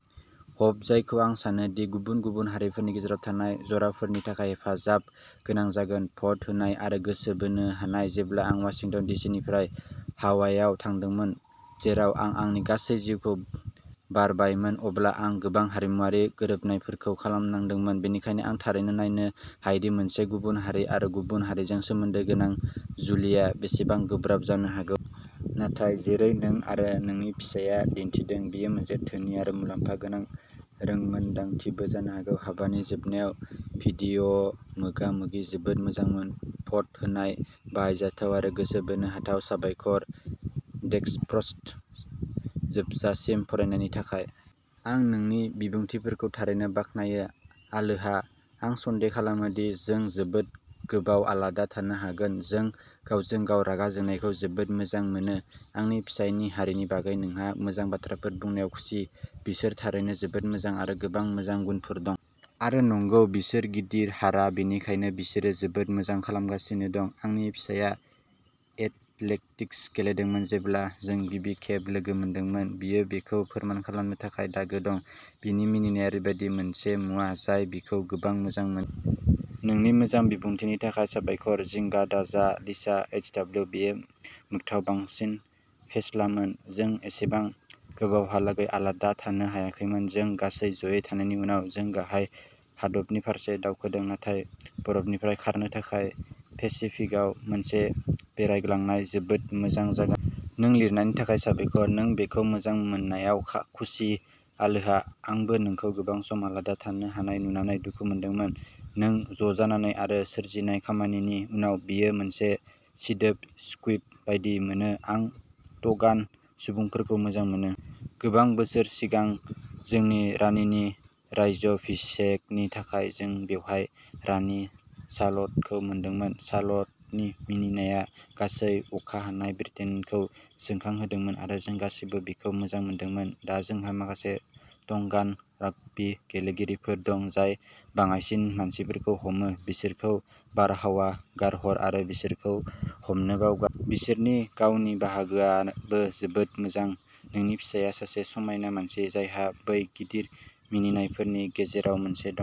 हब जायखौ आं सानो दि गुबुन गुबुन हारिफोरनि गेजेराव थानाय जराफोरनि थाखाय हेफाजाब गोनां जागोन। भट होनाय आरो गोसो बोनो हानाय। जेब्ला आं वाशिंटन डि. सि. निफ्राय हावाइआव थांदोंमोन, जेराव आं आंनि गासै जिउखौ बारबायमोन, अब्ला आं गोबां "हारिमुआरि" गोरोबनायफोरखौ खालामनांदोंमोन, बेनिखायनो आं थारैनो नायनो हायोदि मोनसे गुबुन हारि आरो गुबुन हारिजों सोमोन्दो गोनां जुलिया बेसेबां गोब्राब जानो हागौ। नाथाय, जेरै नों आरो नोंनि फिसाया दिन्थिदों, बेयो मोनसे धोनि आरो मुलाम्फा गोनां रोंमोनदांथिबो जानो हागौ। हाबनि जोबनायाव भिडिअ'मोगा-मोगिआ जोबोद मोजांमोन। भ'ट होनाय, बाहायजाथाव, आरो गोसो बोनो हाथाव। साबायखर, जेग्डफ्रस्ट, जोबजासिम फरायनायनि थाखाय। आं नोंनि बिबुंथिफोरखौ थारैनो बाख्नायो। आलोहा! आं सन्देह खालामो दि जों जोबोद गोबाव आलादा थानो हागोन-जों गावजों-गाव रागा जोंनायखौ जोबोद मोजां मोनो! आंनि फिसायनि हारिनि बागै नोंहा मोजां बाथ्राफोर बुंनायाव खुसि। बिसोर थारैनो जोबोद मोजां, आरो गोबां मोजां गुनफोर दं। आरो, नंगौ, बिसोर गिदिर हारा, बेनिखायनो बिसोरो जोबोद मोजां खालामगासिनो दं। आंनि फिसाया एथलेटिक्स गेलेदोंमोन जेब्ला जों गिबि खेब लोगो मोनदोंमोन। बियो बेखौ फोरमान खालामनो थाखाय दागो दं। बिनि मिनिनाया ओरैबायदि मोनसे मुवा जाय बिखौ गोबां मोजां मोनो। नोंनि मोजां बिबुंथिनि थाखाय साबायखर। जिंगा दाजा लिसा एइचडब्लिउ। बेयो मोगथाङाव बांसिन फेस्लामोन। जों एसेबां गोबावहालागै आलादा थानो हायाखैमोन, जों गासै जयै थानायनि उनाव। जों गाहाय हादाबनि फारसे दावखोदों, नाथाय बरफनिफ्राय खारनो थाखाय पेसिफिकआव मोनसे बेरायग्लांनाय जोबोद मोजां जागोन। नों लिरनायनि थाखाय साबायखर। नों बेखौ मोजां मोननायाव खुसि। आलोहा! आंबो नोंखौ गोबां सम आलादा थानो हानाय नुनानै दुखु मोनदोंमोन। नों ज'जानानै आरो सोरजिनाय खामानिनि उनाव बेयो मोनसे सिदोब स्कुइब बायदि मोनो। आं ट'गान सुबुंफोरखौ मोजां मोनो। गोबां बोसोर सिगां, जोंनि रानिनि राज्याभिषेकनि थाखाय जों बेवहाय रानि साल'टखौ मोनदोंमोन। साल'टनि मिनिनाया गासै अखा हानाय ब्रिटेनखौ जोंखांहोदोंमोन आरो जों गासैबो बिखौ मोजां मोनदोंमोन। दा जोंहा माखासे टंगान राग्बी गेलेगिरिफोर दं, जाय बाङाइसिन मानसिफोरखौ हमो; बिसोरखौ बाराव गारहर आरो बिसोरखौ हमनो बावगार! बिसोरनि गावनि बाहागोआबो जोबोद मोजां। नोंनि फिसायआ सासे समायना मानसि, जायहा बै गिदिर मिनिनायफोरनि गेजेराव मोनसे दं।